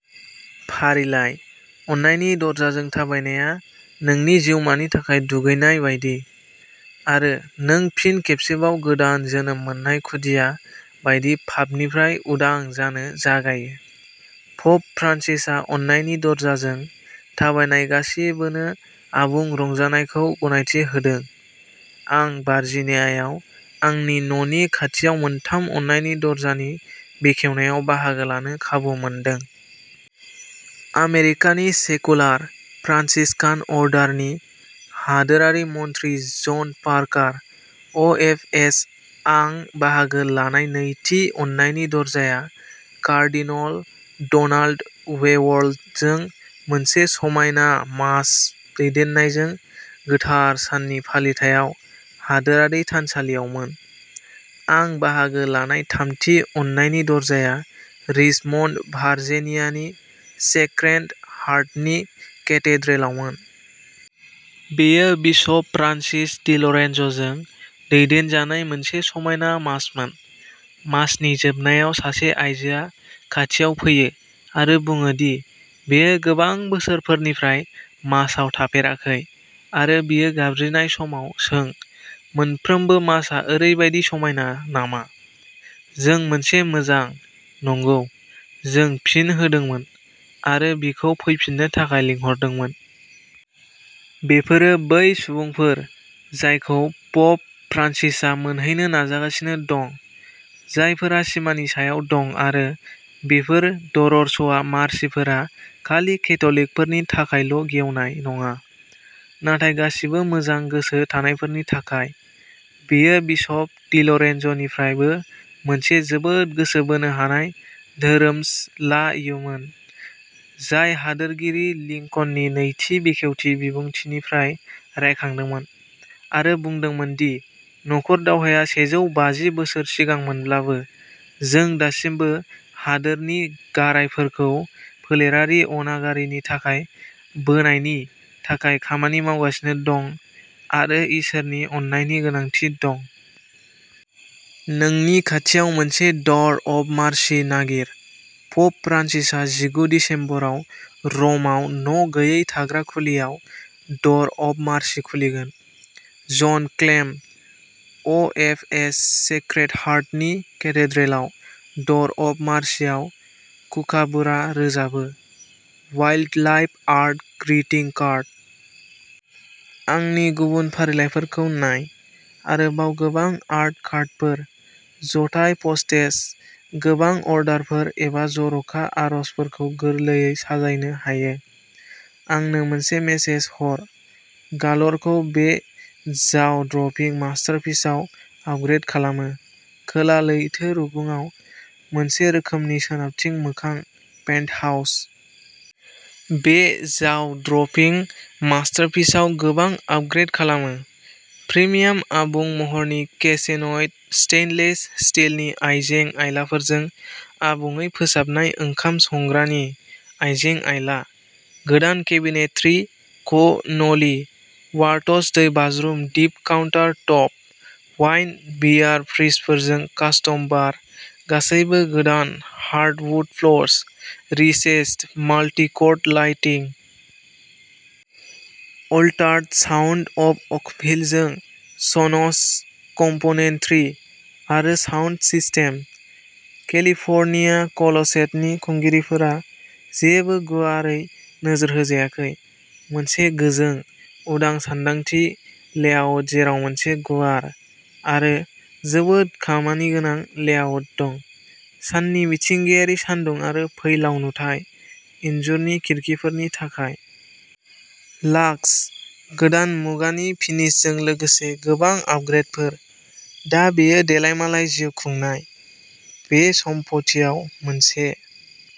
फारिलाइ। अननायनि दरजाजों थाबायनाया नोंनि जिउमानि थाखाय दुगैनाय बायदि, आरो नों फिन खेबसेबाव गोदान जोनोम मोननाय खुदिया बायदि पापनिफ्राय उदां जानो जागायो। प'प फ्रान्सिसआ अननायनि दरजाजों थाबायनाय गासिबोनो आबुं रंजानायखौ गनायथि होदों। आं भार्जिनियायाव आंनि न'नि खाथियाव मोनथाम अननायनि दरजानि बेखेवनायाव बाहागो लानो खाबु मोनदों। आमेरिकानि सेकुलार फ्रान्सिस्कान अर्डारनि हादोरारि मन्थ्रि-जान पार्कार, अ एफ एस आं बाहागो लानाय नैथि अननायनि दरजाया कार्डिनल ड'नाल्ड वेउर्लजों मोनसे समायना मास दैदेननायजों गोथार साननायनि फालिथायाव हादोरारि थानसालियावमोन। आं बाहागो लानाय थामथि अननायनि दरजाया रिचमन्ड, भार्जिनियानि सेक्रेड हार्टनि केथेड्रेलआवमोन। बेयो बिशप फ्रान्सिस डिल'रेन्ज'जों दैदेनजानाय मोनसे समायना मासमोन। मासनि जोबनायाव सासे आयजोआ खाथियाव फैयो आरो बुङो दि बियो गोबां बोसोरफोरनिफ्राय मासआव थाफेराखै आरो बियो गाबज्रिनाय समाव सों मोनफ्रोमबो मासआ ओरैबायदि समायना नामा? जों मोनसे मोजां नंगौ जों फिन होदोंमोन आरो बिखौ फैफिननो थाखाय लिंहरदोंमोन। बेफोरो बै सुबुंफोर जायखौ प'प फ्रान्सिसआ मोनहैनो नाजागासिनो दं जायफोरा सिमानि सायाव दं आरो बेफोर दर'र्सआ मार्सिफोरा खालि केथ'लिकफोरनि थाखायल'गेवनाय नङा, नाथाय गासिबो मोजां गोसो थानायफोरनि थाखाय। बेयो बिशप डिल'रेन्ज'निफ्रायबो मोनसे जोबोद गोसो बोनो हानाय धोरोमस लायोमोन, जाय हादोरगिरि लिंकननि नैथि बेखेवथि बिबुंथिनिफ्राय रायखांदोंमोन आरो बुंदोंमोन दि नखर दावहाया सेजौ बाजि बोसोर सिगांमोनब्लाबो, जों दासिमबो हादोरनि गारायफोरखौ फोलेरारि अनागारिनि थाखाय बोनायनि थाखाय खामानि मावगासिनो दं आरो इसोरनि अननायनि गोनांथि दं। नोंनि खाथियाव मोनसे दार अफ मार्सि नागिर प'प फ्रान्सिसआ जिगु दिसेम्बराव र'मआव न'गैयै थाग्रा खुलियाव दार अफ मार्सि खुलिगोन। John Clem, O F S sacred हार्टनि केथेड्रेलआव दर अफ मार्सिआव कुकाबुरा रोजाबो वाइल्डलाइफ आर्ट ग्रीटिं कार्ड। आंनि गुबुन फारिलाइफोरखौ नाय। आरोबाव गोबां आर्ट कार्डफोर। जथाय पस्टेज, गोबां अर्डारफोर एबा जर'खा आर'जफोरखौ गोरलैयै साजायनो हायो आंनो मोनसे मेसेज हर। गाल'रखौ बे जाव ड्रपिं मास्टारपिसआव आपग्रेड खालामो। खोला लैथो रुगुंआव मोनसे रोखोमनि सोनाबथिं मोखां पेन्टहाउस। बे जाव ड्रपिं मास्टारपिसआव गोबां आपग्रेड खालामो। प्रिमियाम आबुं महरनि किचेनएड स्टेइनलेस स्टीलनि आइजें-आइलाफोरजों आबुङै फोसाबनाय ओंखाम संग्रानि आइजें-आइला। गोदान केबिनेट्रि क नोलि वार्ट्ज दैबाज्रुम दिप काउन्टार टप। वाइन बियार फ्रिजफोरजों कास्टम बार। गासैबो गोदान hardwood floors recessed multicolored lighting. Altered sound of अकभिलजों सन'स कम्पोनेन्ट्रि आरो साउन्ड सिस्टेम। केलिफ'र्निया क्ल'सेटनि खुंगिरिफोरा। जेबो गुवारै नोजोर होजायाखै मोनसे गोजों, उदां सानदांथि लेआउट जेराव मोनसे गुवार आरो जोबोद खामानिगोनां लेआउट दं। साननि मिथिंगायारि सानदुं आरो फैलाव नुथाय, इनजुरनि खिरखिफोरनि थाखाय। लाक्स, गोदान मुगानि फिनिशजों लोगोसे गोबां आपग्रेडफोर। दा बेयो देलायमालाय जिउ खुंनाय! बे सम्फथियाव मोनसे